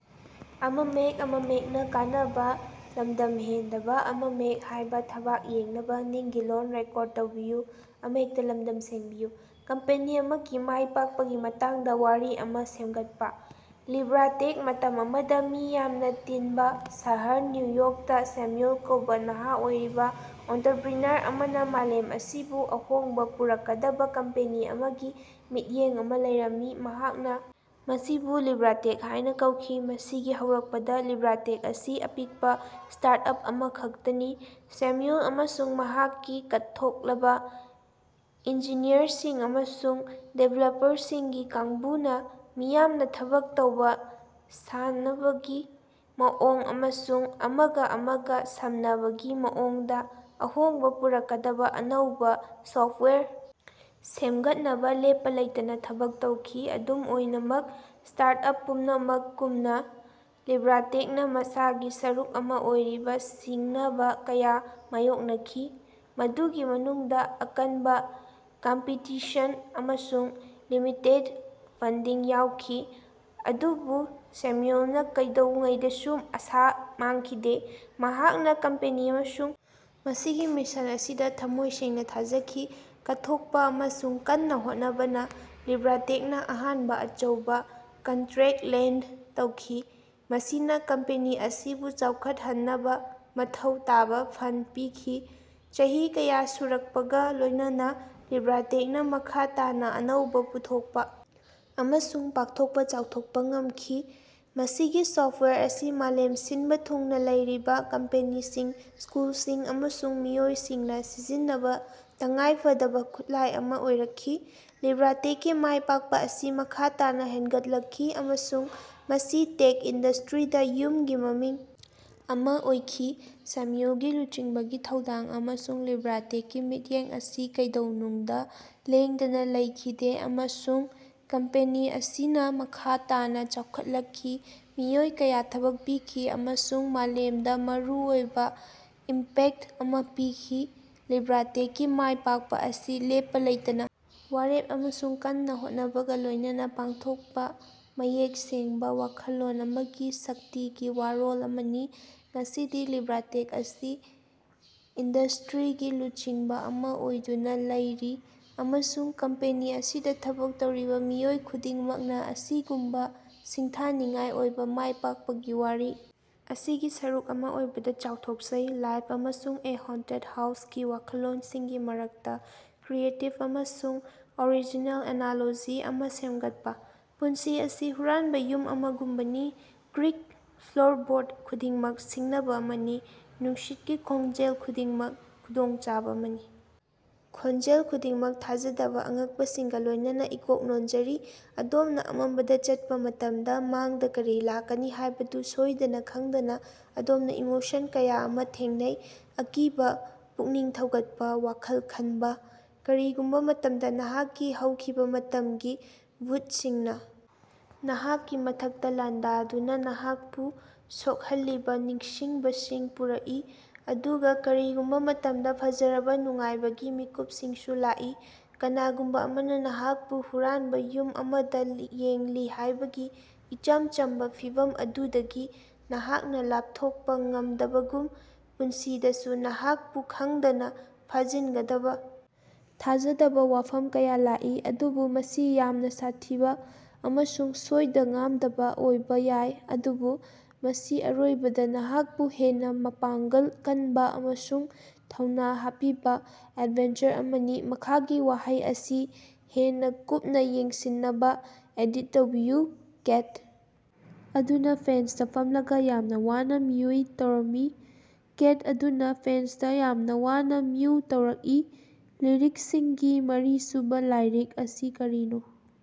Company ꯑꯃꯒꯤ ꯃꯥꯏ ꯄꯥꯛꯄꯒꯤ ꯃꯇꯥꯡꯗꯥ ꯋꯥꯔꯤ ꯑꯃꯥ ꯁꯦꯝꯒꯠꯄꯥ꯫ ꯂꯤꯕ꯭ꯔꯥꯇꯦꯛ ꯃꯇꯝ ꯑꯃꯗꯥ, ꯃꯤ ꯌꯥꯝꯅꯥ ꯇꯤꯅꯕꯥ ꯁꯍꯔ ꯅ꯭ꯌꯨ ꯌꯣꯔꯛꯇꯥ, ꯁꯦꯝꯌꯨꯜ ꯀꯧꯕꯥ ꯅꯍꯥ ꯑꯣꯏꯔꯤꯕꯥ ꯑꯣꯟꯇꯔꯄꯔꯤꯅꯔ ꯑꯃꯅ ꯃꯥꯂꯦꯝ ꯑꯁꯤꯕꯨ ꯑꯍꯣꯡꯕ ꯄꯨꯔꯛꯀꯗꯕꯥ ꯀꯝꯄꯦꯅꯤ ꯑꯃꯒꯤ ꯃꯤꯠꯌꯦꯡ ꯑꯃ ꯂꯩꯔꯝꯃꯤ꯫ ꯃꯍꯥꯛꯅ ꯃꯁꯤꯕꯨ ꯂꯤꯕ꯭ꯔꯥꯇꯦꯛ ꯍꯥꯏꯅ ꯀꯧꯈꯤ꯫ ꯃꯁꯤꯒꯤ ꯍꯧꯔꯛꯄꯗꯥ ꯂꯤꯕ꯭ꯔꯥꯇꯦꯛ ꯑꯁꯤ ꯑꯄꯤꯛꯄꯥ ꯁ꯭ꯇꯥꯔꯇꯑꯞ ꯑꯃꯈꯛꯇꯅꯤ꯫ ꯁꯦꯝꯌꯨꯜ ꯑꯃꯁꯨꯡ ꯃꯍꯥꯛꯀꯤ ꯀꯠꯊꯣꯛꯂꯕ ꯏꯟꯖꯤꯅꯤꯌꯔꯁꯤꯡ ꯑꯃꯁꯨꯡ ꯗꯤꯕꯦꯂꯄꯔꯁꯤꯡꯒꯤ ꯀꯥꯡꯕꯨꯅ ꯃꯤꯌꯥꯝꯅ ꯊꯕꯛ ꯇꯧꯕ, ꯁꯥꯟꯅꯕꯒꯤ ꯃꯑꯣꯡ ꯑꯃꯁꯨꯡ ꯑꯃꯒꯥ ꯑꯃꯒꯥ ꯁꯝꯅꯕꯒꯤ ꯃꯑꯣꯡꯗꯥ ꯑꯍꯣꯡꯕꯥ ꯄꯨꯔꯛꯀꯗꯕꯥ ꯑꯅꯧꯕꯥ ꯁꯣꯐꯋꯦꯌꯔ ꯁꯦꯝꯒꯠꯅꯕꯥ ꯂꯦꯞꯄꯥ ꯂꯩꯇꯅꯥ ꯊꯕꯛ ꯇꯧꯈꯤ꯫ ꯑꯗꯨꯝ ꯑꯣꯏꯅꯃꯛ ꯁ꯭ꯇꯥꯔꯇꯑꯞ ꯄꯨꯝꯅꯃꯛꯒꯨꯝꯅꯥ ꯂꯤꯕ꯭ꯔꯥꯇꯦꯛꯅꯥ ꯃꯁꯥꯒꯤ ꯁꯔꯨꯛ ꯑꯃꯥ ꯑꯣꯏꯔꯤꯕꯥ ꯁꯤꯡꯅꯕꯥ ꯀꯌꯥ ꯃꯥꯌꯣꯛꯅꯈꯤ, ꯃꯗꯨꯒꯤ ꯃꯅꯨꯡꯗꯥ ꯑꯀꯟꯕꯥ ꯀꯝꯄꯤꯇꯤꯁꯟ ꯑꯃꯁꯨꯡ ꯂꯤꯃꯤꯇꯦꯗ ꯐꯟꯗꯤꯡ ꯌꯥꯎꯈꯤ꯫ ꯑꯗꯨꯕꯨ ꯁꯦꯝꯌꯨꯜꯅꯥ ꯀꯩꯗꯧꯉꯩꯗꯁꯨ ꯑꯥꯁꯥ ꯃꯥꯡꯈꯤꯗꯦ꯫ ꯃꯍꯥꯛꯅꯥ ꯀꯝꯄꯦꯅꯤ ꯑꯃꯁꯨꯡ ꯃꯁꯤꯒꯤ ꯃꯤꯁꯟ ꯑꯁꯤꯗꯥ ꯊꯝꯃꯣꯏ ꯁꯦꯡꯅꯥ ꯊꯥꯖꯈꯤ꯫ ꯀꯠꯊꯣꯛꯄꯥ ꯑꯃꯁꯨꯡ ꯀꯟꯅꯥ ꯍꯣꯠꯅꯕꯅꯥ ꯂꯤꯕ꯭ꯔꯥꯇꯦꯛꯅꯥ ꯑꯍꯥꯟꯕ ꯑꯆꯧꯕꯥ ꯀꯟꯇꯔꯦꯛ ꯂꯦꯟꯗ ꯇꯧꯈꯤ, ꯃꯁꯤꯅꯥ ꯀꯝꯄꯦꯅꯤ ꯑꯁꯤꯕꯨ ꯆꯥꯎꯈꯠꯍꯟꯅꯕꯥ ꯃꯊꯧ ꯇꯥꯕꯥ ꯐꯟꯗ ꯄꯤꯈꯤ꯫ ꯆꯍꯤ ꯀꯌꯥ ꯁꯨꯔꯛꯄꯒꯥ ꯂꯣꯏꯅꯅ ꯂꯤꯕ꯭ꯔꯥꯇꯦꯛꯅꯥ ꯃꯈꯥ ꯇꯥꯅꯥ ꯑꯅꯧꯕꯥ ꯄꯨꯊꯣꯛꯄꯥ ꯑꯃꯁꯨꯡ ꯄꯥꯛꯊꯣꯛꯄ ꯆꯥꯎꯊꯣꯛꯄꯥ ꯉꯝꯈꯤ꯫ ꯃꯁꯤꯒꯤ ꯁꯣꯐꯋꯦꯌꯔ ꯑꯁꯤ ꯃꯥꯂꯦꯝ ꯁꯤꯅꯕꯥ ꯊꯨꯡꯅꯥ ꯂꯩꯔꯤꯕꯥ ꯀꯝꯄꯦꯅꯤꯁꯤꯡ, ꯁ꯭ꯀꯨꯜꯁꯤꯡ ꯑꯃꯁꯨꯡ ꯃꯤꯑꯣꯏꯁꯤꯡꯅꯥ ꯁꯤꯖꯤꯟꯅꯕꯥ ꯇꯉꯥꯏ ꯐꯗꯕꯥ ꯈꯨꯠꯂꯥꯏ ꯑꯃꯥ ꯑꯣꯏꯔꯛꯈꯤ꯫ ꯂꯤꯕ꯭ꯔꯥꯇꯦꯛꯀꯤ ꯃꯥꯏꯄꯥꯛꯄꯥ ꯑꯁꯤ ꯃꯈꯥ ꯇꯥꯅꯥ ꯍꯦꯟꯒꯠꯂꯛꯈꯤ, ꯑꯃꯁꯨꯡ ꯃꯁꯤ ꯇꯦꯛ ꯏꯟꯗꯁꯇꯔꯤꯗꯥ ꯌꯨꯝꯒꯤ ꯃꯃꯤꯡ ꯑꯃꯥ ꯑꯣꯏꯈꯤ꯫ ꯁꯦꯃꯨꯜꯒꯤ ꯂꯨꯆꯤꯡꯕꯒꯤ ꯊꯧꯗꯥꯡ ꯑꯃꯁꯨꯡ ꯂꯤꯕ꯭ꯔꯥꯇꯦꯛꯀꯤ ꯃꯤꯠꯌꯦꯡ ꯑꯁꯤ ꯀꯩꯗꯧꯅꯨꯡꯗꯥ ꯂꯦꯡꯗꯅꯥ ꯂꯩꯈꯤꯗꯦ, ꯑꯃꯁꯨꯡ ꯀꯝꯄꯦꯅꯤ ꯑꯁꯤꯅꯥ ꯃꯈꯥ ꯇꯥꯅꯥ ꯆꯥꯎꯈꯠꯂꯛꯈꯤ, ꯃꯤꯑꯣꯏ ꯀꯌꯥ ꯊꯕꯛ ꯄꯤꯈꯤ ꯑꯃꯁꯨꯡ ꯃꯥꯂꯦꯃꯗꯥ ꯃꯔꯨꯑꯣꯏꯕꯥ ꯏꯝꯄꯦꯛꯇ ꯑꯃꯥ ꯄꯤꯈꯤ꯫ ꯂꯤꯕ꯭ꯔꯥꯇꯦꯛꯀꯤ ꯃꯥꯏꯄꯥꯛꯄꯥ ꯑꯁꯤ ꯂꯦꯞꯄꯥ ꯂꯩꯇꯅꯥ ꯋꯥꯔꯦꯞ ꯑꯃꯁꯨꯡ ꯀꯟꯅꯥ ꯍꯣꯠꯅꯕꯒꯥ ꯂꯣꯏꯅꯅ ꯄꯥꯡꯊꯣꯛꯄꯥ ꯃꯌꯦꯛ ꯁꯦꯡꯕꯥ ꯋꯥꯈꯜꯂꯣꯟ ꯑꯃꯒꯤ ꯁꯛꯇꯤꯒꯤ ꯋꯥꯔꯣꯜ ꯑꯃꯅꯤ꯫ ꯉꯁꯤꯗꯤ ꯂꯤꯕ꯭ꯔꯥꯇꯦꯛ ꯑꯁꯤ ꯏꯟꯗꯁ꯭ꯇꯔꯤꯒꯤ ꯂꯨꯆꯤꯡꯕꯥ ꯑꯃꯥ ꯑꯣꯏꯗꯨꯅꯥ ꯂꯩꯔꯤ, ꯑꯃꯁꯨꯡ ꯀꯝꯄꯦꯅꯤ ꯑꯁꯤꯗꯥ ꯊꯕꯛ ꯇꯧꯔꯤꯕꯥ ꯃꯤꯑꯣꯏ ꯈꯨꯗꯤꯡꯃꯛꯅꯥ ꯑꯁꯤꯒꯨꯝꯕꯥ ꯁꯤꯡꯊꯥꯅꯤꯡꯉꯥꯏ ꯑꯣꯏꯕꯥ ꯃꯥꯏꯄꯥꯛꯄꯒꯤ ꯋꯥꯔꯤ ꯑꯁꯤꯒꯤ ꯁꯔꯨꯛ ꯑꯃꯥ ꯑꯣꯏꯕꯗꯥ ꯆꯥꯎꯊꯣꯛꯆꯩ꯫ "ꯂꯥꯏꯐ" ꯑꯃꯁꯨꯡ "ꯑꯦ ꯍꯣꯟꯇꯦꯗ ꯍꯥꯎꯁ"ꯒꯤ ꯋꯥꯈꯜꯂꯣꯟꯁꯤꯡꯒꯤ ꯃꯔꯛꯇꯥ ꯀ꯭ꯔꯤꯌꯦꯇꯤꯕ ꯑꯃꯁꯨꯡ ꯑꯣꯔꯤꯖꯤꯅꯦꯜ ꯑꯦꯅꯥꯂꯣꯖꯤ ꯑꯃꯥ ꯁꯦꯝꯒꯠꯄꯥ꯫ ꯄꯨꯟꯁꯤ ꯑꯁꯤ ꯍꯨꯔꯥꯅꯕꯥ ꯌꯨꯝ ꯑꯃꯒꯨꯝꯕꯅꯤ; ꯀ꯭ꯔꯤꯛ ꯐ꯭ꯂꯣꯔꯕꯣꯔꯗ ꯈꯨꯗꯤꯡꯃꯛ ꯁꯤꯡꯅꯕꯥ ꯑꯃꯅꯤ, ꯅꯨꯡꯁꯤꯠꯀꯤ ꯈꯣꯡꯖꯦꯜ ꯈꯨꯗꯤꯡꯃꯛ ꯈꯨꯗꯣꯡꯆꯥꯕꯥ ꯑꯃꯅꯤ, ꯈꯣꯟꯖꯦꯜ ꯈꯨꯗꯤꯡꯃꯛ ꯊꯥꯖꯗꯕꯥ ꯑꯉꯛꯄꯁꯤꯡꯒꯥ ꯂꯣꯏꯅꯅ ꯏꯀꯣꯛ ꯅꯣꯟꯖꯔꯤ꯫ ꯑꯗꯣꯝꯅꯥ ꯑꯃꯝꯕꯗꯥ ꯆꯠꯄꯥ ꯃꯇꯃꯗꯥ, ꯃꯥꯡꯗꯥ ꯀꯔꯤ ꯂꯥꯛꯀꯅꯤ ꯍꯥꯏꯕꯗꯨ ꯁꯣꯏꯗꯅꯥ ꯈꯪꯗꯅꯥ, ꯑꯗꯣꯝꯅꯥ ꯏꯃꯣꯁꯟ ꯀꯌꯥ ꯑꯃꯥ ꯊꯦꯡꯅꯩ- ꯑꯀꯤꯕꯥ, ꯄꯨꯛꯅꯤꯡ ꯊꯧꯒꯠꯄꯥ, ꯋꯥꯈꯜ ꯈꯟꯕꯥ꯫ ꯀꯔꯤꯒꯨꯝꯕꯥ ꯃꯇꯝꯗ ꯅꯍꯥꯛꯀꯤ ꯍꯧꯈꯤꯕꯥ ꯃꯇꯝꯒꯤ ꯚꯨꯇꯁꯤꯡꯅꯥ ꯅꯍꯥꯛꯀꯤ ꯃꯊꯛꯇꯥ ꯂꯥꯟꯗꯥꯗꯨꯅꯥ ꯅꯍꯥꯛꯄꯨ ꯁꯣꯛꯍꯜꯂꯤꯕꯥ ꯅꯤꯡꯁꯤꯡꯕꯁꯤꯡ ꯄꯨꯔꯛꯏ, ꯑꯗꯨꯒꯥ ꯀꯔꯤꯒꯨꯝꯕꯥ ꯃꯇꯝꯗ ꯐꯖꯔꯕꯥ ꯅꯨꯡꯉꯥꯏꯕꯒꯤ ꯃꯤꯀꯨꯄꯁꯤꯡꯁꯨ ꯂꯥꯛꯏ꯫ ꯀꯅꯥꯒꯨꯝꯕꯥ ꯑꯃꯅꯥ ꯅꯍꯥꯀꯄꯨ ꯍꯨꯔꯥꯅꯕꯥ ꯌꯨꯝ ꯑꯃꯗꯥ ꯌꯦꯡꯂꯤ ꯍꯥꯏꯕꯒꯤ ꯏꯆꯝ ꯆꯝꯕꯥ ꯐꯤꯚꯝ ꯑꯗꯨꯗꯒꯤ ꯅꯍꯥꯛꯅꯥ ꯂꯥꯄꯊꯣꯀꯄꯥ ꯉꯃꯗꯕꯒꯨꯝ, ꯄꯨꯟꯁꯤꯗꯁꯨ ꯅꯍꯥꯛꯄꯨ ꯈꯪꯗꯅꯥ ꯐꯥꯖꯤꯟꯒꯗꯕꯥ ꯊꯥꯖꯗꯕꯥ ꯋꯥꯐꯝ ꯀꯌꯥ ꯂꯥꯛꯏ꯫ ꯑꯗꯨꯕꯨ ꯃꯁꯤ ꯌꯥꯝꯅꯥ ꯁꯥꯊꯤꯕꯥ ꯑꯃꯁꯨꯡ ꯁꯣꯏꯗ-ꯉꯥꯝꯗꯕꯥ ꯑꯣꯏꯕꯥ ꯌꯥꯏ ꯑꯗꯨꯕꯨ ꯃꯁꯤ ꯑꯔꯣꯏꯕꯗꯥ ꯅꯍꯥꯛꯄꯨ ꯍꯦꯟꯅꯥ ꯃꯄꯥꯡꯒꯜ ꯀꯅꯕꯥ ꯑꯃꯁꯨꯡ ꯊꯧꯅꯥ ꯍꯥꯞꯄꯤꯕꯥ ꯑꯦꯗꯚꯦꯟꯆꯔ ꯑꯃꯅꯤ꯫ ꯃꯈꯥꯒꯤ ꯋꯥꯍꯩ ꯑꯁꯤ ꯍꯦꯟꯅꯥ ꯀꯨꯞꯅꯥ ꯌꯦꯡꯁꯤꯟꯅꯕꯥ ꯑꯦꯗꯤꯠ ꯇꯧꯕꯤꯌꯨ: "ꯀꯦꯠ ꯑꯗꯨꯅꯥ ꯐꯦꯟꯁꯇꯥ ꯐꯝꯂꯒꯥ ꯌꯥꯝꯅꯥ ꯋꯥꯅꯥ ꯃꯤꯑꯏ ꯇꯧꯔꯝꯃꯤ"꯫ "ꯀꯦꯠ ꯑꯗꯨꯅꯥ ꯐꯦꯟꯁꯇꯥ ꯌꯥꯝꯅꯥ ꯋꯥꯅꯥ ꯃꯤꯎ ꯇꯧꯔꯛꯏ꯫" ꯂꯤꯔꯤꯛꯁꯤꯡꯒꯤ ꯃꯔꯤꯁꯨꯕꯥ ꯂꯥꯏꯔꯤꯛ ꯑꯁꯤ ꯀꯔꯤꯅꯣ